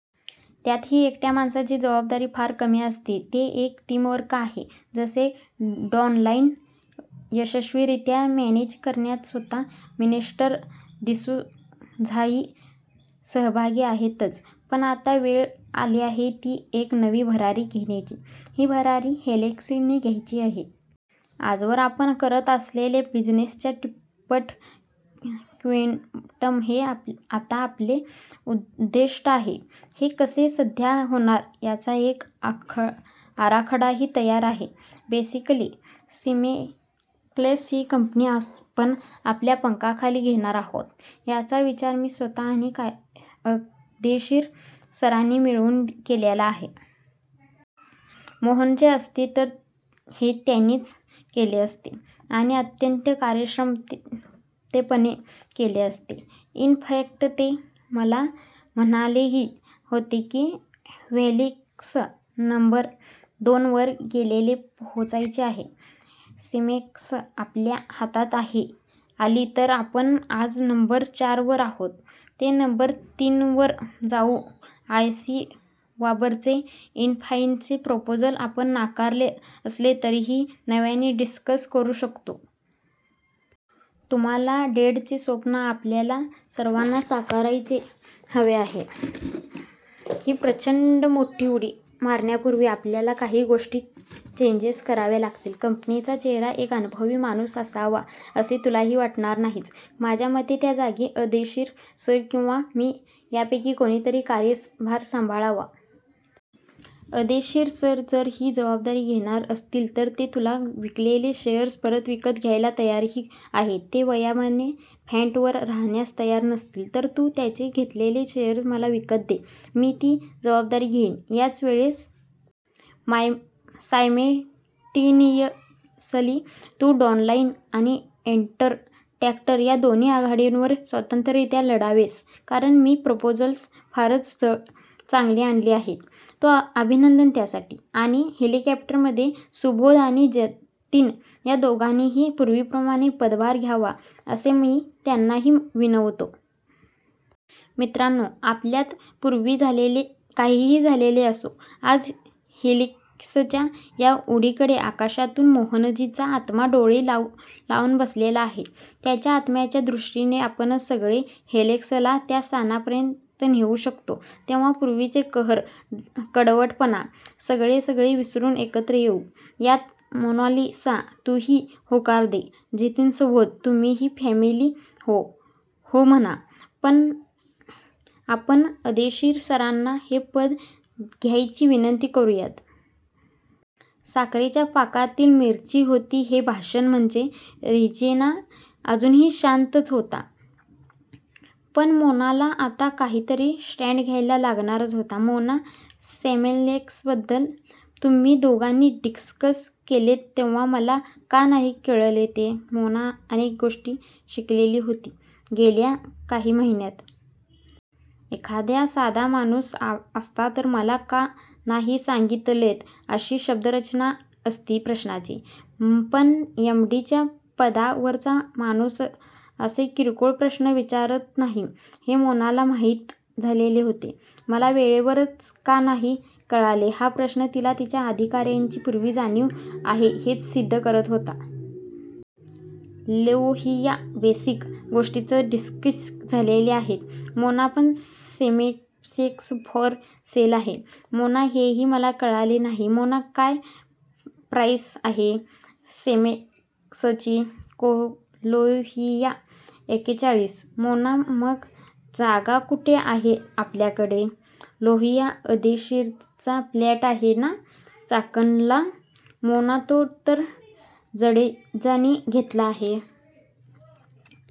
त्यातही एकट्या माणसाची जबाबदारी फार कमी असते. ते एक टीमवर्क आहे. जसे डॅनलाईन यशस्वीरीत्या मॅनेज करण्यात स्वतः मिस्टर डिसूझाही सहभागी आहेतच. पण आता वेळ आली आहे ती एक नवी भरारी घेण्याची, ही भरारी हेलिक्सने घ्यायची आहे. आजवर आपण करत असलेल्या बिझिनेसच्या तिप्पट क्वान्टम हे आता आपले उद्दिष्ट आहे. हे कसे साध्य होणार याचा एक आराखडाही तयार आहे. बेसिकली सिम्प्लेक्स ही कंपनी आपण आपल्या पंखाखाली घेणार आहोत. याचा विचार मी स्वतः आणि अर्देशीर सरांनी मिळून केलेला आहे. मोहनजी असते तर हे त्यांनीच केले असते. आणि अत्यंत कार्यक्षमपणे केले असते. इन फॅक्ट ते मला म्हणालेही होते की हेलिक्स नंबर दोन वर गेलेली पाहायची आहे. सिम्प्लेक्स आपल्या हातात आली तर आपण आज नंबर चारवर आहोत ते नंबर तीनवर जाऊ 'आय सी बावर' चे इरफानचे प्रपोजल आपण नाकारले असले तरीही नव्याने डिस्कस करू शकतो. तुझ्या डॅडचे स्वप्न आपल्याला सर्वांना साकारायलाच हवे आहे. ही प्रचंड मोठी उडी मारण्यापुर्वी, आपल्याला काही विशिष्ट चेंजेस करावे लागतील. कंपनीचा चेहरा एक अननुभवी माणूस असावा असे तुलाही वाटणार नाहीच. माझ्यामते त्या जागी अर्देशीर सर किंवा मी यापैकी कुणीतरी कार्यभार सांभाळावा. अर्देशीर सर जर ही जबाबदारी घेणार असतील तर ते तुला विकलेले शेअर्स परत विकत घ्यायला तयारही आहेत. ते वयामुळे फ्रन्टवर राहण्यास तयार नसतील तर तू त्यांचे घेतलेले शेअर्स मला विकत दे, मी ती जबाबदारी घेईन. याचवेळेस सायमल्टेनियसली तू डॅनलाईन आणि इन्टर ट्रॅक्टर या दोन्ही आघाड्यांवर स्वतंत्ररीत्या लढावेसच. कारण ती प्रपोजल्स फारच चांगली आणली आहेस तू, अभिनंदन त्यासाठी.. आणि हेलिक्समध्ये सुबोध आणि जतीन या दोघांनीही पुर्वीप्रमाणे पदभार घ्यावा असे मी त्यांनाही विनवतो. मित्रांनो, आपल्यात पुर्वी काहीही झालेले असो, आज हेलिक्सच्या या उडीकडे आकाशातून मोहनजींचा आत्मा डोळे लावून बसलेला आहे. त्यांच्या आत्म्याच्या दृष्टीने आपणच सगळे हेलिक्सला त्या स्थानावर नेऊ शकतो. तेव्हा पुर्वीचे कलह, कडवटपणा, सगळे सगळे विसरून एकत्र येऊ यात मोनालिसा, तूही होकार दे, जतीन सुबोध, तुम्हीही फॉर्मली हो म्हणा, मग आपण अर्देशीर सरांना हे पद घ्यायची विनंती करूयात. साखरेच्या पाकातील मिरची होती हे भाषण म्हणजे! रेजिना अजूनही शांतच होता. पण मोनाला आता काहीतरी स्टॅन्ड घ्यावा लागणारच होता. मोना सिम्प्लेक्सबाबत तुम्ही दोघांनी डिस्कस केलेत तेव्हा मला का नाही कळले ते? मोना अनेक गोष्टी शिकलेली होती गेल्या काही महिन्यात! एखादा साधा माणूस असता तर 'मला का नाही सागीतलेत' अशी शब्दरचना असती प्रश्नाची! पण एम डी च्या पदावरचा माणूस असे किरकोळ प्रश्न विचारतच नाही हे मोनाला माहीत झालेले होते. 'मला वेळेवरच का नाही कळले' हा प्रश्न तिला तिच्या अधिकारांची पूर्ण जाणीव आहे हेच सिद्ध करत होता. लोहिया बेसिक गोष्टीच डिस्कस झालेल्या आहेत. मोना पण सिम्प्लेक्स फॉर सेल आहे? मोना हेही मला कळले नाही. मोना काय प्राईस आहे? सिम्प्लेक्सची?? लोहिया एक्केचाळीस. मोना मग जागा कुठे आहे आपल्याकडे? लोहिया अर्देशीरांचा प्लॉट आहे ना? चाकणला, मोना तो तर जडेजांनी घेतला ना?